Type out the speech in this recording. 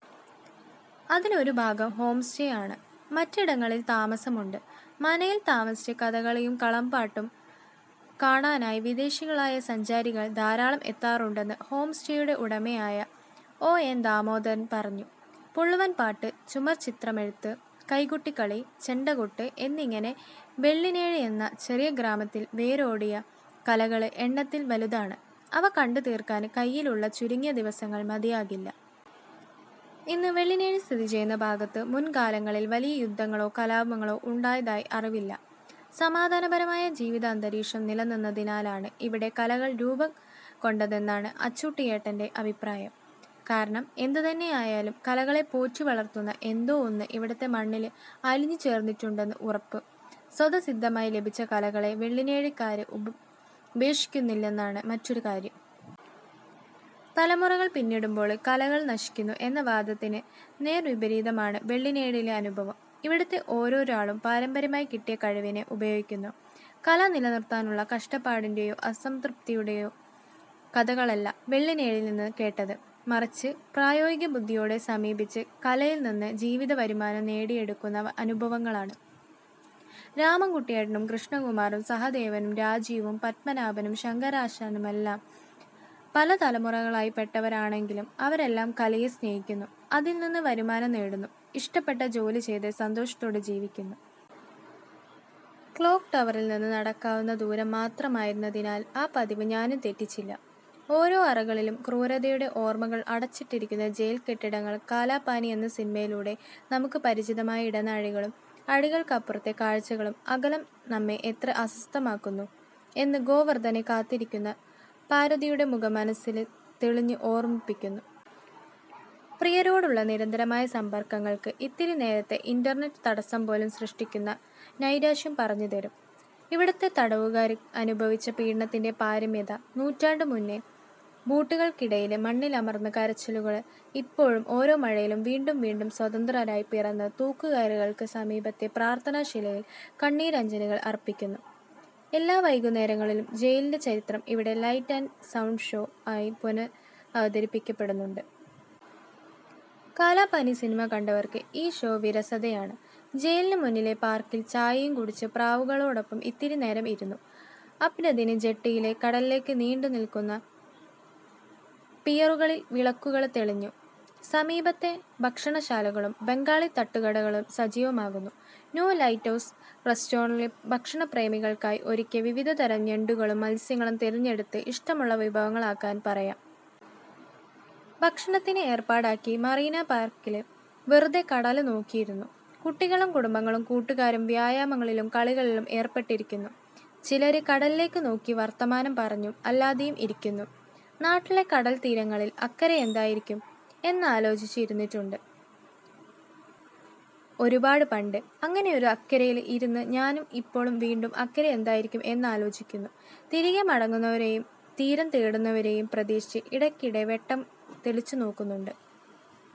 അതില് ഒരു ഭാഗം ഹോംസ്റ്റേ ആണ്. മറ്റിടങ്ങളില് താമസമുണ്ട്. മനയില് താമസിച്ച് കഥകളിയും കളംപാട്ടും കാണാനായി വിദേശികളായ സഞ്ചാരികള് ധാരാളം എത്താറുണ്ടെന്ന് ഹോംസ്റ്റേയുടെ ഉടമയായ ഒ. എന്. ദാമോദരന് പറഞ്ഞു. പുള്ളുവന്പാട്ട്, ചുമര്ച്ചിത്രമെഴുത്ത്, കൈകൊട്ടിക്കളി, ചെണ്ടകൊട്ട് എന്നിങ്ങനെ വെള്ളിനേഴിയെന്ന ചെറിയ ഗ്രാമത്തില് വേരോടിയ കലകള് എണ്ണത്തില് വലുതാണ്. അവ കണ്ടുതീര്ക്കാന് കയ്യിലുള്ള ചുരുങ്ങിയ ദിവസങ്ങള് മതിയാകില്ല. ഇന്ന് വെള്ളിനേഴി സ്ഥിതിചെയ്യുന്ന ഭാഗത്ത് മുന്കാലങ്ങളില് വലിയ യുദ്ധങ്ങളോ കലാപങ്ങളോ ഉണ്ടായതായി അറിവില്ല. സമാധാനപരമായ ജീവിതഅന്തരീക്ഷം നിലനിന്നതിനാലാണ് ഇവിടെ കലകള് രൂപംകൊണ്ടതെന്നാണ് അച്ചൂട്ടിയേട്ടന്റെ അഭിപ്രായം. കാരണം എന്തുതന്നെയായാലും കലകളെ പോറ്റിവളര്ത്തുന്ന എന്തോ ഒന്ന് ഇവിടുത്തെ മണ്ണില് അലിഞ്ഞുചേര്ന്നിട്ടുണ്ടെന്ന് ഉറപ്പ്. സ്വതസിദ്ധമായി ലഭിച്ച കലകളെ വെളളിനേഴിക്കാര് ഉപേക്ഷിക്കുന്നില്ലെന്നതാണ് മറ്റൊരു കാര്യം. തലമുറകള് പിന്നിടുമ്പോള് കലകള് നശിക്കുന്നു എന്ന വാദത്തിന് നേർവിപരീതമാണ് വെള്ളിനേഴിയിലെ അനുഭവം. ഇവിടുത്തെ ഓരോരാളും പാരമ്പര്യമായി കിട്ടിയ കഴിവിനെ ഉപയോഗിക്കുന്നു. കല നിലനിര്ത്താനുള്ള കഷ്ടപ്പാടിന്റെയോ അസംതൃപ്തിയുടെയോ കഥകളല്ല വെള്ളിനേഴിയില്നിന്ന് കേട്ടത്. മറിച്ച് പ്രായോഗികബുദ്ധിയോടെ സമീപിച്ച് കലയില്നിന്ന് ജീവിതവരുമാനം നേടിയെടുക്കുന്ന അനുഭവങ്ങളാണ്. രാമന്കുട്ടിയേട്ടനും കൃഷ്ണകുമാറും സഹദേവനും രാജീവും പത്മനാഭനും ശങ്കരനാശാനുമെല്ലാം പലതലമുറകളായിപ്പെട്ടവരാണെങ്കിലും അവരെല്ലാം കലയെ സ്നേഹിക്കുന്നു, അതില്നിന്ന് വരുമാനം നേടുന്നു, ഇഷ്ടപ്പെട്ട ജോലി ചെയ്ത് സന്തോഷത്തോടെ ജീവിക്കുന്നു. ക്ലോക്ക് ടവറില്നിന്ന് നടക്കാവുന്ന ദൂരം മാത്രമായതിനാല് ആ പതിവ് ഞാനും തെറ്റിച്ചില്ല. ഓരോ അറകളിലും ക്രൂരതയുടെ ഓര്മകള് അടച്ചിട്ടിരിക്കുന്ന ജയില്കെട്ടിടങ്ങള്. കാലാപാനി എന്ന സിനിമയിലൂടെ നമുക്ക് പരിചിതമായ ഇടനാഴികളും അഴികള്ക്കപ്പുറത്തെ കാഴ്ചകളും. അകലം നമ്മെ എത്ര അസ്വസ്ഥമാക്കുന്നു എന്ന് ഗോവര്ധനെ കാത്തിരിക്കുന്ന പാര്വതിയുടെ മുഖം മനസ്സില് തെളിഞ്ഞ് ഓര്മിപ്പിക്കുന്നു. പ്രിയരോടുള്ള നിരന്തരമായ സമ്പര്ക്കങ്ങള്ക്ക് ഇത്തിരിനേരത്തെ ഇന്റര്നെറ്റ് തടസ്സംപോലും സൃഷ്ടിക്കുന്ന നൈരാശ്യം പറഞ്ഞുതരും ഇവിടുത്തെ തടവുകാര് അനുഭവിച്ച പീഡനത്തിന്റെ പാരമ്യത. നൂറ്റാണ്ട് മുന്നെ ബൂട്ടുകള്ക്കടിയില് മണ്ണിലമര്ന്ന കരച്ചിലുകള് ഇപ്പോഴും ഓരോ മഴയിലും വീണ്ടും വീണ്ടും സ്വതന്ത്രരായി പിറന്ന്, തൂക്കുകയറുകള്ക്ക് സമീപത്തെ പ്രാര്ഥനാശിലയില് കണ്ണീരഞ്ജലികള് അര്പ്പിക്കുന്നു. എല്ലാ വൈകുന്നേരങ്ങളിലും ജയിലിന്റെ ചരിത്രം ഇവിടെ ലൈറ്റ് ആന്ഡ് സൗണ്ട് ഷോ ആയി പുനരവതരിക്കപ്പെടുന്നുണ്ട്. കാലാപാനി സിനിമ കണ്ടവര്ക്ക് ഈ ഷോ വിരസതയാണ്. ജയിലിനു മുന്നിലെ പാര്ക്കില് ചായയും കുടിച്ച് പ്രാവുകളോടൊപ്പം ഇത്തിരിനേരം ഇരുന്നു. അബര്ദിന് ജെട്ടിയിലെ കടലിലേക്ക് നീണ്ടുനില്ക്കുന്ന പിയറുകളില് വിളക്കുകള് തെളിഞ്ഞു. സമീപത്തെ ഭക്ഷണശാലകളും ബംഗാളി തട്ടുകടകളും സജീവമാകുന്നു. 'ന്യൂ ലൈറ്റ്ഹൗസ് റെസ്റ്റോറന്റില്' ഭക്ഷണപ്രേമികള്ക്കായി ഒരുക്കിയ വിവിധതരം ഞണ്ടുകളും മത്സ്യങ്ങളും തിരഞ്ഞെടുത്ത് ഇഷ്ടമുള്ള വിഭവങ്ങളാക്കാന് പറയാം. ഭക്ഷണത്തിന് ഏര്പ്പാടാക്കി മറീന പാര്ക്കില് വെറുതെ കടല് നോക്കിയിരുന്നു. കുട്ടികളും കുടുംബങ്ങളും കൂട്ടുകാരും വ്യായാമങ്ങളിലും കളികളിലും ഏര്പ്പെട്ടിരിക്കുന്നു. ചിലര് കടലിലേക്ക് നോക്കി വര്ത്തമാനം പറഞ്ഞും അല്ലാതെയും ഇരിക്കുന്നു. നാട്ടിലെ കടല്ത്തീരങ്ങളില് അക്കരെയെന്തായിരിക്കും എന്നാലോചിച്ച് ഇരുന്നിട്ടുണ്ട് ഒരുപാട് പണ്ട്. അങ്ങനെയൊരു അക്കരെയില് ഇരുന്നു ഞാന് ഇപ്പോള് വീണ്ടും അക്കരെ എന്തായിരിക്കും എന്നാലോചിക്കുന്നു. തിരികെ മടങ്ങുന്നവരെയും തീരം തേടുന്നവരെയും പ്രതീക്ഷിച്ച്, ഇടയ്ക്കിടെ വെട്ടം തെളിച്ചുനോക്കുന്നുണ്ട്